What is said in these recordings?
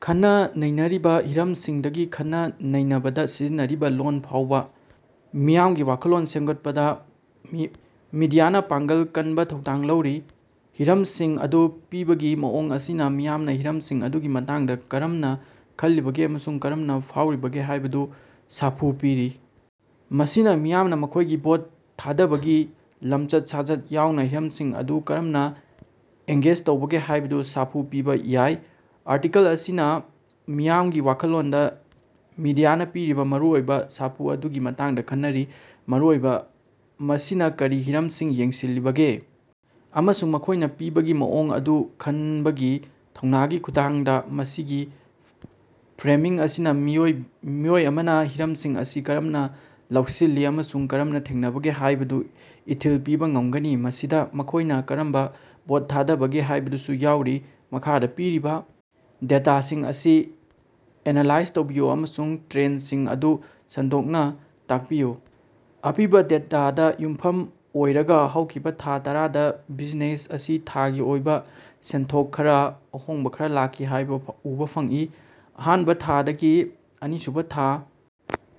ꯈꯟꯅ ꯅꯩꯅꯔꯤꯕ ꯍꯤꯔꯝꯁꯤꯡꯗꯒꯤ ꯈꯟꯅ ꯅꯩꯅꯕꯗ ꯁꯤꯖꯤꯟꯅꯔꯤꯕ ꯂꯣꯜ ꯐꯥꯎꯕ ꯃꯤꯌꯥꯝꯒꯤ ꯋꯥꯈꯜꯂꯣꯟ ꯁꯦꯝꯒꯠꯄꯗ ꯃꯤꯗꯤꯌꯥꯅ ꯃꯄꯥꯡꯒꯜ ꯀꯟꯕ ꯊꯧꯗꯥꯡ ꯂꯧꯔꯤ꯫ ꯍꯤꯔꯝꯁꯤꯡ ꯑꯗꯨ ꯄꯤꯕꯒꯤ ꯃꯑꯣꯡ ꯑꯁꯤꯅ ꯃꯤꯌꯥꯝꯅ ꯍꯤꯔꯝꯁꯤꯡ ꯑꯗꯨꯒꯤ ꯃꯇꯥꯡꯗ ꯀꯔꯝꯅ ꯈꯜꯂꯤꯕꯒꯦ ꯑꯃꯁꯨꯡ ꯀꯔꯝꯅ ꯐꯥꯎꯔꯤꯕꯒꯦ ꯍꯥꯏꯕꯗꯨꯗ ꯁꯥꯐꯨ ꯄꯤꯔꯤ꯫ ꯃꯁꯤꯅ ꯃꯤꯌꯥꯝꯅ ꯃꯈꯣꯏꯒꯤ ꯚꯣꯠ ꯊꯥꯗꯕꯒꯤ ꯂꯝꯆꯠ ꯁꯥꯖꯠ ꯌꯥꯎꯅ ꯍꯤꯔꯝꯁꯤꯡ ꯑꯗꯨꯒ ꯀꯔꯝꯅ ꯑꯦꯡꯒꯦꯖ ꯇꯧꯕꯒꯦ ꯍꯥꯏꯕꯗꯨꯗ ꯁꯥꯐꯨ ꯄꯤꯕ ꯌꯥꯏ꯫ ꯑꯥꯔꯇꯤꯀꯜ ꯑꯁꯤꯅ ꯃꯤꯌꯥꯝꯒꯤ ꯋꯥꯈꯜꯂꯣꯟꯗ ꯃꯤꯗꯤꯌꯥꯅ ꯄꯤꯔꯤꯕ ꯃꯔꯨꯑꯣꯏꯕ ꯁꯥꯐꯨ ꯑꯗꯨꯒꯤ ꯃꯇꯥꯡꯗ ꯈꯟꯅꯔꯤ ꯃꯔꯨꯑꯣꯏꯅ ꯃꯁꯤꯅ ꯀꯔꯤ ꯍꯤꯔꯝꯁꯤꯡ ꯌꯦꯡꯁꯤꯜꯂꯤꯕꯒꯦ ꯑꯃꯁꯨꯡ ꯃꯈꯣꯏꯅ ꯄꯤꯕꯒꯤ ꯃꯑꯣꯡ ꯑꯗꯨ ꯈꯟꯕꯒꯤ ꯊꯧꯅꯥꯒꯤ ꯈꯨꯠꯊꯥꯡꯗ꯫ ꯃꯁꯤꯒꯤ ꯐꯔꯦꯃꯤꯡ ꯑꯁꯤꯅ ꯃꯤꯑꯣꯏ ꯑꯃꯅ ꯍꯤꯔꯝꯁꯤꯡ ꯑꯁꯤ ꯀꯔꯝꯅ ꯂꯧꯁꯤꯜꯂꯤ ꯑꯃꯁꯨꯡ ꯀꯔꯝꯅ ꯊꯦꯡꯅꯕꯒꯦ ꯍꯥꯏꯕꯗꯨꯗ ꯏꯊꯤꯜ ꯄꯤꯕ ꯉꯝꯒꯅꯤ ꯃꯁꯤꯗ ꯃꯈꯣꯏꯅ ꯀꯔꯝꯅ ꯚꯣꯠ ꯊꯥꯗꯕꯒꯦ ꯍꯥꯏꯕꯗꯨꯁꯨ ꯌꯥꯎꯔꯤ꯫ ꯃꯈꯥꯗ ꯄꯤꯔꯤꯕ ꯗꯦꯇꯥꯁꯤꯡ ꯑꯁꯤ ꯑꯦꯅꯥꯂꯥꯏꯖ ꯇꯧꯕꯤꯌꯨ ꯑꯃꯁꯨꯡ ꯇꯔꯦꯟꯁꯤꯡ ꯑꯗꯨ ꯁꯟꯗꯣꯛꯅ ꯇꯥꯛꯄꯤꯌꯨ꯫ ꯑꯄꯤꯕ ꯗꯦꯇꯥꯗ ꯌꯨꯝꯐꯝ ꯑꯣꯏꯔꯒ ꯍꯧꯈꯤꯕ ꯊꯥ ꯇꯔꯥ ꯗ ꯕꯤꯖꯤꯅꯦꯁ ꯑꯁꯤꯅ ꯊꯥꯒꯤ ꯑꯣꯏꯕ ꯁꯦꯟꯊꯣꯛ ꯈꯔꯗ ꯑꯍꯣꯡꯕ ꯈꯔ ꯂꯥꯛꯈꯤ ꯍꯥꯏꯕ ꯎꯕꯥ ꯐꯪꯏ꯫ ꯑꯍꯥꯟꯕ ꯊꯥꯗꯒꯤ ꯑꯅꯤꯁꯨꯕ ꯊꯥ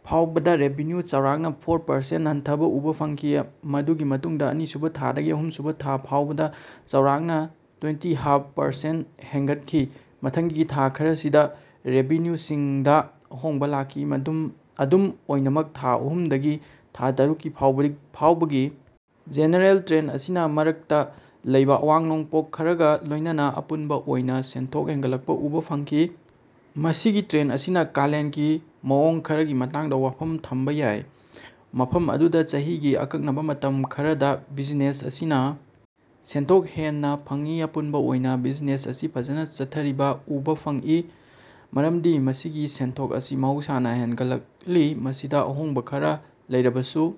ꯐꯥꯎꯕꯗ ꯔꯦꯚꯤꯟꯌꯨꯗ ꯆꯥꯎꯔꯥꯛꯅ ꯐꯣꯔ ꯄꯔꯁꯦꯟ ꯍꯟꯊꯕ ꯎꯕꯥ ꯐꯪꯈꯤ ꯃꯗꯨꯒꯤ ꯃꯇꯨꯡꯗ ꯑꯅꯤꯁꯨꯕ ꯊꯥꯗꯒꯤ ꯑꯍꯨꯝꯁꯨꯕ ꯊꯥ ꯐꯥꯎꯕꯗ ꯆꯥꯎꯔꯥꯛꯅ ꯇꯨꯏꯟꯇꯤ ꯐꯥꯞ ꯄꯔꯁꯦꯟ ꯍꯦꯟꯒꯠꯈꯤ꯫ ꯃꯊꯪꯒꯤ ꯊꯥ ꯈꯔꯁꯤꯗ ꯔꯦꯚꯤꯟꯌꯨꯁꯤꯡꯗ ꯑꯍꯣꯡꯕ ꯂꯥꯛꯈꯤ꯫ ꯑꯗꯨꯝ ꯑꯣꯏꯅꯃꯛ ꯊꯥ ꯑꯍꯨꯝꯗꯒꯤ ꯊꯥ ꯇꯔꯨꯛꯀꯤ ꯐꯥꯎꯕꯒꯤ ꯖꯦꯅꯔꯦꯜ ꯇꯔꯦꯟ ꯑꯁꯤꯅ ꯃꯔꯛꯇ ꯂꯩꯕ ꯑꯋꯥꯡ ꯅꯣꯡꯄꯣꯛ ꯈꯔꯒ ꯂꯣꯏꯅꯅ ꯑꯄꯨꯟꯕ ꯑꯣꯏꯅ ꯁꯦꯟꯊꯣꯛ ꯍꯦꯟꯒꯠꯂꯛꯄ ꯎꯕꯥ ꯐꯪꯈꯤ꯫ ꯃꯁꯤꯒꯤ ꯇꯔꯦꯟ ꯑꯁꯤꯅ ꯀꯥꯂꯦꯟꯒꯤ ꯃꯑꯣꯡ ꯈꯔꯒꯤ ꯃꯇꯥꯡꯗ ꯋꯥꯐꯝ ꯊꯝꯕ ꯌꯥꯏ ꯃꯐꯝ ꯑꯗꯨꯗ ꯆꯍꯤꯒꯤ ꯑꯀꯛꯅꯕꯥ ꯃꯇꯝ ꯈꯔꯗ ꯕꯤꯖꯤꯅꯦꯁ ꯑꯁꯤꯅ ꯁꯦꯟꯊꯣꯛ ꯍꯦꯟꯅ ꯐꯪꯏ꯫ ꯑꯄꯨꯟꯕ ꯑꯣꯏꯅ ꯕꯤꯖꯤꯅꯦꯁ ꯑꯁꯤ ꯐꯖꯅ ꯆꯠꯊꯔꯤꯕ ꯎꯕꯥ ꯐꯪꯏ ꯃꯔꯝꯗꯤ ꯃꯁꯤꯒꯤ ꯁꯦꯟꯊꯣꯛ ꯑꯁꯤ ꯃꯍꯧꯁꯥꯅ ꯍꯦꯟꯒꯠꯂꯛꯂꯤ ꯃꯁꯤꯗ ꯑꯍꯣꯡꯕ ꯈꯔꯥ ꯂꯩꯔꯕꯁꯨ꯫